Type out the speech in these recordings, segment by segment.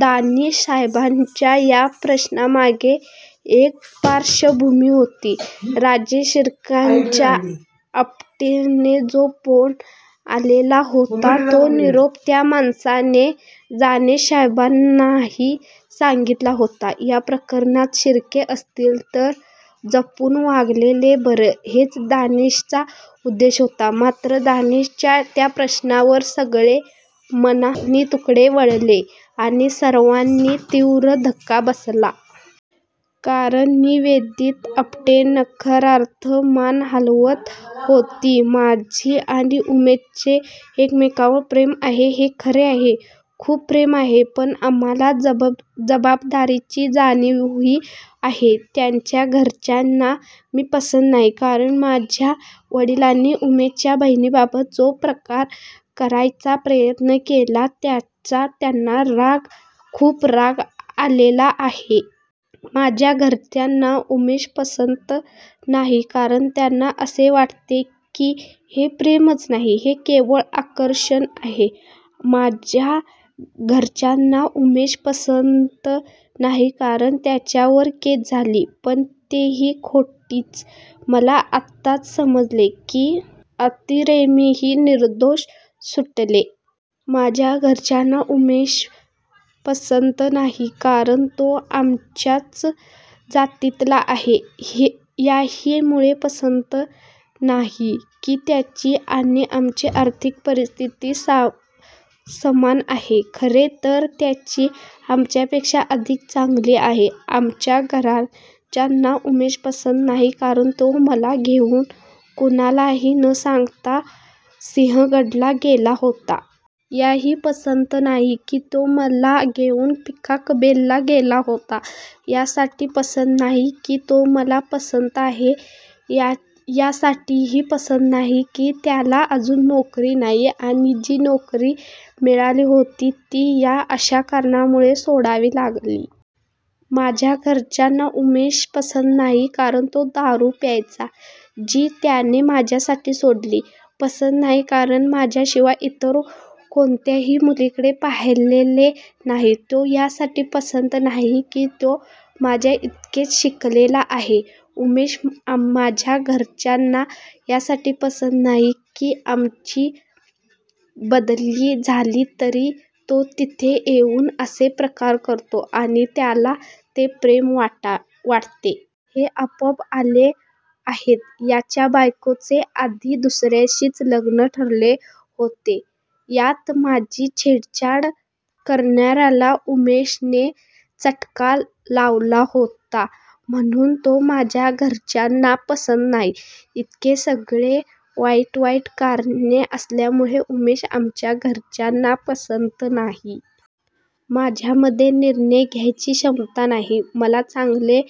दानिशसाहेबांच्या या प्रश्नामागे एक पार्श्वभूमी होती. राजे शिर्केंच्या आपटेंनि जो फोन आलेला होता तो निरोप त्या माणसाने दानिशसाहेबांनाही सांगितला होता. या प्रकरणात शिर्के असतील तर जपून वागलेले बरे हेच दानिशचा उद्देश होता. मात्र दानिशच्या त्या प्रश्नावर सगळ्या माना नितुकडे वळल्या आणि सर्वांनि तीव्र धक्का बसला. कारण निवेदित आपटे नकारार्थी मान हालवत होती. माझं आणि उमेशचं एकमेकांवर प्रेम आहे हे खरं आहे. खूप प्रेम आहे. पण आम्हाला जबाबदारीची जाणीवही आहे. त्याच्या घरच्यांना मी पसंत नाही. कारण माझ्या वडिलांनी उमेशच्या बहिणीबाबत जो प्रकार करायचा प्रयत्न केला त्याचा त्यांना राग खूप राग आलेला आहे. माझ्या घरच्यांना उमेश पसंत नाही. कारण त्यांना असे वाटते की हे प्रेमच नाही. हे केवळ आकर्षण आहे. माझ्या घरच्यांना उमेश पसंत नाही कारण त्याच्यावर केस झाली. पण तीही खोटीच. मला आत्ताच समजले की अख्तरमियाँही निर्दोष सुटले. माझ्या घरच्यांना उमेश पसंत नाही कारण तो आमच्याच जातीतला आहे. याहीमुळे पसंत नाही की त्याची आणि आमची आर्थिक परिस्थिती समान आहे. खरे तर त्याचीच आमच्यापेक्षा अधिक चांगली आहे. माझ्या घरच्यांना उमेश पसंत नाही कारण तो मला घेऊन कुणालाही न सांगता सिंहगडला गेला होता. याहीमुळे पसंत नाही की तो मला घेऊन पिकॉकबेला गेला होता. यासाठी पसंत नाही की तो मला पसंत आहे.. यासाठीही पसंत नाही की त्याला अजून नोकरी नाही आणि जी नोकरी मिळाली होती ती या अशा कारणामुळे सोडावी लागली. माझ्या घरच्यांना उमेश पसंत नाही कारण तो दारू प्यायचा जी त्याने माझ्यासाठी सोडली. पसंत नाही कारण माझ्याशिवाय इतर कोणत्याही मुलीकडे पाहिलेले नाही. तो यासाठी पसंत नाही की तो माझ्याइतकाच शिकलेला आहे. उमेश माझ्या घरच्यांना यासाठी पसंत नाही की आमची बदली झाली तरी तो तिथे येऊन असे प्रकार करतो आणि त्याला ते प्रेम वाटते. हे आपोआप आले आहेत यांच्या बायकोचे आधी दुसर्याशीच लग्न ठरले होते. त्यात माझी छेडछाड करणार्याला उमेशने चटका लावला होता म्हणून तो माझ्या घरच्यांना पसंत नाही. इतके सगळी वाईट वाईट कारणे असल्यामुळे उमेश आमच्या घरच्यांना पसंत नाही. माझ्यामधे निर्णय घ्यायची क्षमता नाही. मला चांगले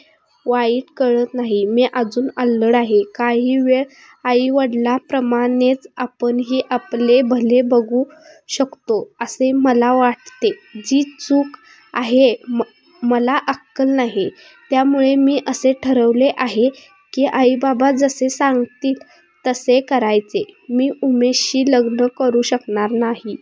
वाईट कळत नाही. मी अजून अल्लड आहे. काही वेळा आई वडिलांप्रमाणेच आपणही आपले भले बघू शकतो असे मला वाटते जे चूक आहे. मला अक्कल नाही. त्यामुळे मी असे ठरवले आहे की आई बाबा जसे सांगतील तसेच करायचे. मी उमेशशी लग्न करू शकणार नाही.